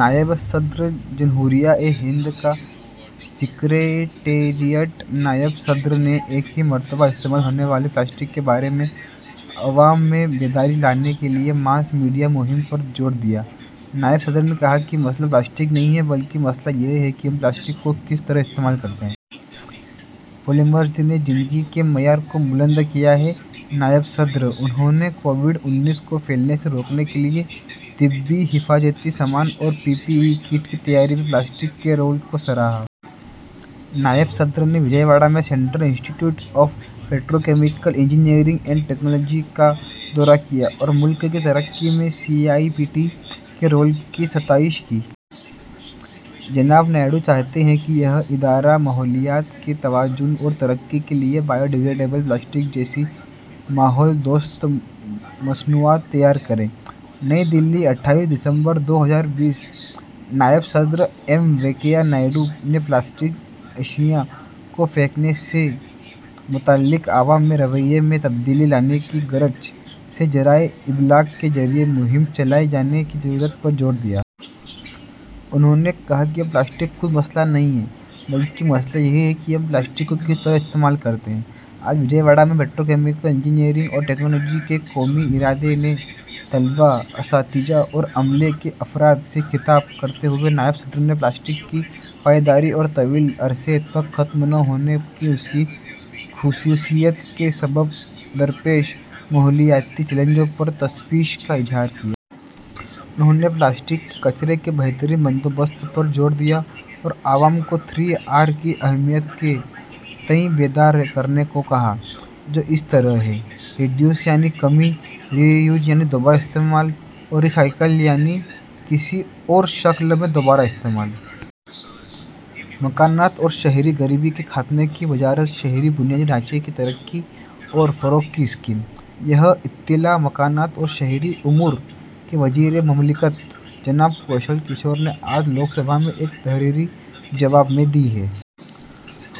نائب صدر جمہوریہ ہند کا سکریٹریٹ نائب صدر نے ایک ہی مرتبہ استعمال ہونے والی پلاسٹک کے بارے میں عوام میں بیداری لانے کے لیے ماس میڈیا مہم پر زور دیا۔ نائب صدر نے کہا کہ مسئلہ پلاسٹک نہیں ہے بلکہ مسئلہ یہ ہے کہ ہم پلاسٹک کو کس طرح استعمال کرتے ہیں۔ پولیمرز نے زندگی کے معیار کو بلند کیا ہے: نائب صدر۔ انھوں نے کووڈ انیس کو پھیلنے سے روکنے کے لیے طبی حفاظتی سازوسامان اور پی پی ای کٹس کی تیاری میں پلاسٹک کے رول کو سراہا۔ نائب صدر نے وجے واڑہ میں central institute of petrochemical engineering and technology کا دورہ کیا اور ملک کی ترقی میں C I P E T کے رول کی ستائش کی۔ جناب نائیڈو چاہتے ہیں کہ یہ ادارہ ماحولیات کے توازن اور ترقی کے لیے بایوڈی گریڈیبل پلاسٹک جیسی ماحول دوست مصنوعات تیار کرے۔ نئی دہلی، اٹھائیس دسمبر دو ہزار بیس: نائب صدر ایم وینکیا نائیڈو نے پلاسٹک اشیا کو پھینکنے سے متعلق عوام کے رویے میں تبدیلی لانے کی غرض سے ذرائع ابلاغ کے ذریعے مہم چلائے جانے کی ضرورت پر زور دیا۔ انھوں نے کہا کہ پلاسٹک خود مسئلہ نہیں ہے بلکہ مسئلہ یہ ہے کہ ہم پلاسٹک کو کس طرح استعمال کرتے ہیں۔ آج وجے واڑہ میں پیٹروکیمیکل انجینئرنگ اور ٹیکنالوجی کے قومی ادارے کے طلبا، اساتذہ اور عملے کے افراد سے خطاب کرتے ہوئے نائب صدر نے پلاسٹک کی پائیداری اور طویل عرصے تک ختم نہ ہونے کی اس کی خصوصیت کے سبب درپیش ماحولیاتی چیلنجوں پر تشویش ظاہر کی۔ انھوں نے پلاسٹک کے کچرے کے بہترین بندوبست پر زور دیا اور عوام کو تھری آر کی اہمیت کے تئیں بیدار کرنے کو کہا، جو اس طرح ہیں: ریڈیوس یعنی کمی، ری یوز یعنی دوبارہ استعمال اور ری سائیکل یعنی کسی اور شکل میں دوبارہ استعمال۔ مکانات اور شہری غریبی کے خاتمے کی وزارت شہری بنیادی ڈھانچے کی ترقی اور فروغ کی اسکیم۔ یہ اطلاع مکانات اور شہری امور کے وزیر مملکت جناب کوشل کشور نے آج لوک سبھا میں ایک تحریری جواب میں دی ہے۔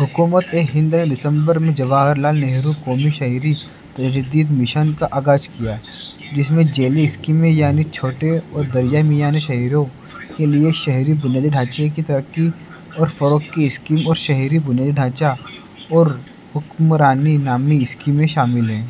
حکومت ہند نے دسمبر میں جواہر لال نہرو قومی شہری تجدید مشن کا آغاز کیا، جس میں ذیلی اسکیمیں یعنی چھوٹے اور درمیانے شہروں کے لیے شہری بنیادی ڈھانچے کی ترقی اور فروغ کی اسکیم اور شہری بنیادی ڈھانچہ اور حکمرانی نامی اسکیمیں شامل ہیں۔